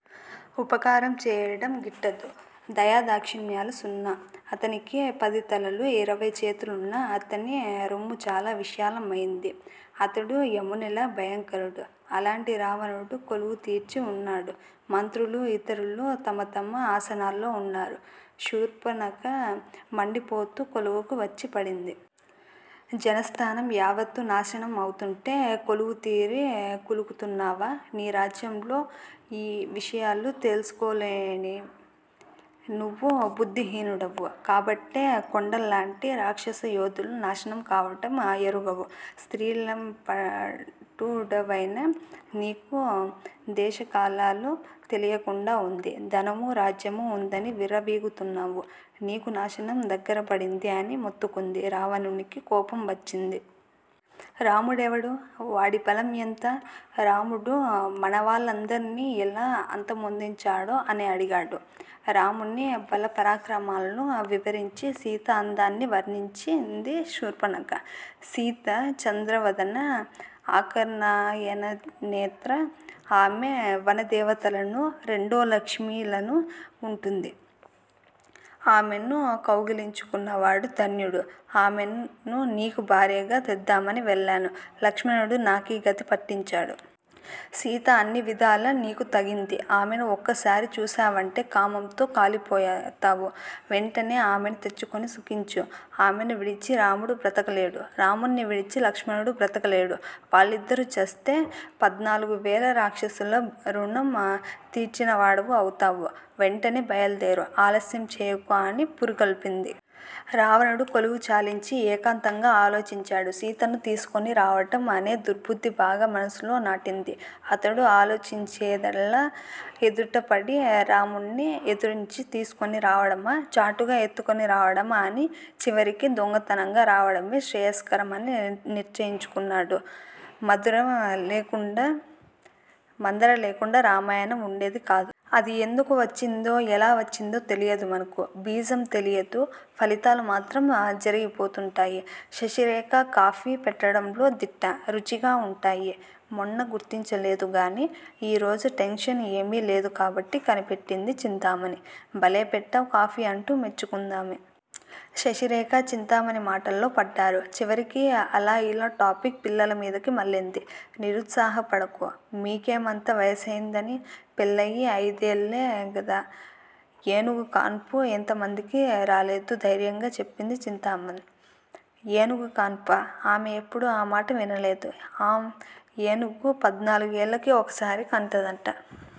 ఉపకారం చేయడం గిట్టదు. దయాదాక్షిణ్యాలు సున్నా. అతనికి పదితలలు, ఇరవై చేతులున్నా, అతని రొమ్ము చాల విశాలం అయింది. అతడు యమునిలా భయంకరుడు. అలాంటి రావణుడు కొలువు తీర్చి ఉన్నాడు. మంత్రులూ ఇతరులూ తమ తమ ఆసనాల్లో ఉన్నారు. శూర్పణఖ మండిపోతూ కొలువుకు వచ్చి పడింది. జనస్థానం యావత్తూ నాశనం అవుతుంటే కొలువుతీరి కులుకుతున్నావా? నీ రాజ్యంలోఈ విషయాలు తెల్సుకోలేని నువ్వు బుద్దిహీనుడవు. కాబట్టే కొండల్లాంటి రాక్షసయోధులు నాశనం కావడం ఎరుగవు. స్త్రీలంపటుడవైన నీకు దేశకాలాలు తెలియకుండా ఉంది. ధనమూ, రాజ్యమూ ఉందని విర్రవీగుతున్నావు. నీకు నాశనం దగ్గరపడింది అని మొత్తుకుంది. రావణునికి కోపం వచ్చింది. 'రాముడెవడు? వాడి బలం ఎంత? రాముడు మనవాళ్లనందర్నీ ఎలా అంతమొందించాడు? అని అడిగాడు. రాముని బలపరాక్రమాల్ను వివరించి సీత అందాన్ని వర్ణించింది శూర్పణఖ. సీత చంద్రవదన ఆకర్ణాయతనేత్ర. ఆమె వనదేవతలానూ, రెండోలక్ష్మిలానూ ఉంటుంది. ఆమెను కౌగలించుకున్నవాడు ధన్యుడు. ఆమెను నీకు భార్యగా తెద్దామని వెళ్లాను. లక్ష్మణుడు నాకీ గతి పట్టించాడు. సీత అన్నివిధాలా నీకు తగింది. ఆమెను ఒక్కసారి చూశావంటే కామంతో కాలిపోతావు. వెంటనే ఆమెను తెచ్చుకొని సుఖించు. ఆమెను విడిచి రాముడు బ్రతకలేడు. రాముణ్ని విడిచి లక్ష్మణుడు బ్రతకలేడు. వారిద్దరూ చస్తే పధ్నాలుగు వేల రాక్షసుల ఋణం తీర్చినవాడవు అవుతావు. వెంటనే బయల్దేరు. ఆలస్యం చేయకు అని పురికొల్పింది. రావణుడు కొలువు చాలించి ఏకాంతంగా ఆలోచించాడు. సీతను తీసుకొని రావడం అనే దుర్భుద్ది బాగా మనసులో నాటింది. అతడు ఆలోచించేదల్లా ఎదుటపడి రాముణ్ని ఎదిరించి తీసుకొని రావడమా? చాటుగా ఎత్తుకొని రావడమా? అని చివరికి దొంగతనంగా రావడమే శ్రేయస్కరం అని నిశ్చయించుకున్నాడు. మంధరలేకుంటే రామాయణం ఉండేదికాదు. అది ఎందుకు వచ్చిందో ఎలా వచ్చిందో తెలియదు మనకు. బీజం తెలియదు ఫలితాలు మాత్రం జరిగిపోతుంటాయి. శశిరేఖ కాఫీ పెట్టడంలో దిట్ట. రుచిగా వుంటాయి. మొన్న గుర్తించలేదు గనీ ఈ రోజు టెన్షన్ ఏమీ లేదు కాబట్టి కనిపెట్టింది చింతామణి. భలే పెట్టావ్ కాఫీ అంటూ మెచ్చుకుందామె. శశిరేఖ- చింతామణి మాటల్లో పడ్డారు. చివరికి అలా ఇలా టాపిక్ పిల్లలమీదకి మళ్ళింది. నిరుత్సాహపడకు. మీకేమంత వయసైందని? పెళ్ళయి అయిదేళ్ళే గదా! ఏనుగుకాన్పు ఎంతమందికి రాలేదు ధైర్యంగా చెప్పింది చింతామణి. ఏనుగుకాన్పా? ఆమె ఎప్పుడూ ఆ మాట వినలేదు. ఆం! ఏనుగు పధ్నాలుగేళ్ళకి ఓసారి కంటాదంట.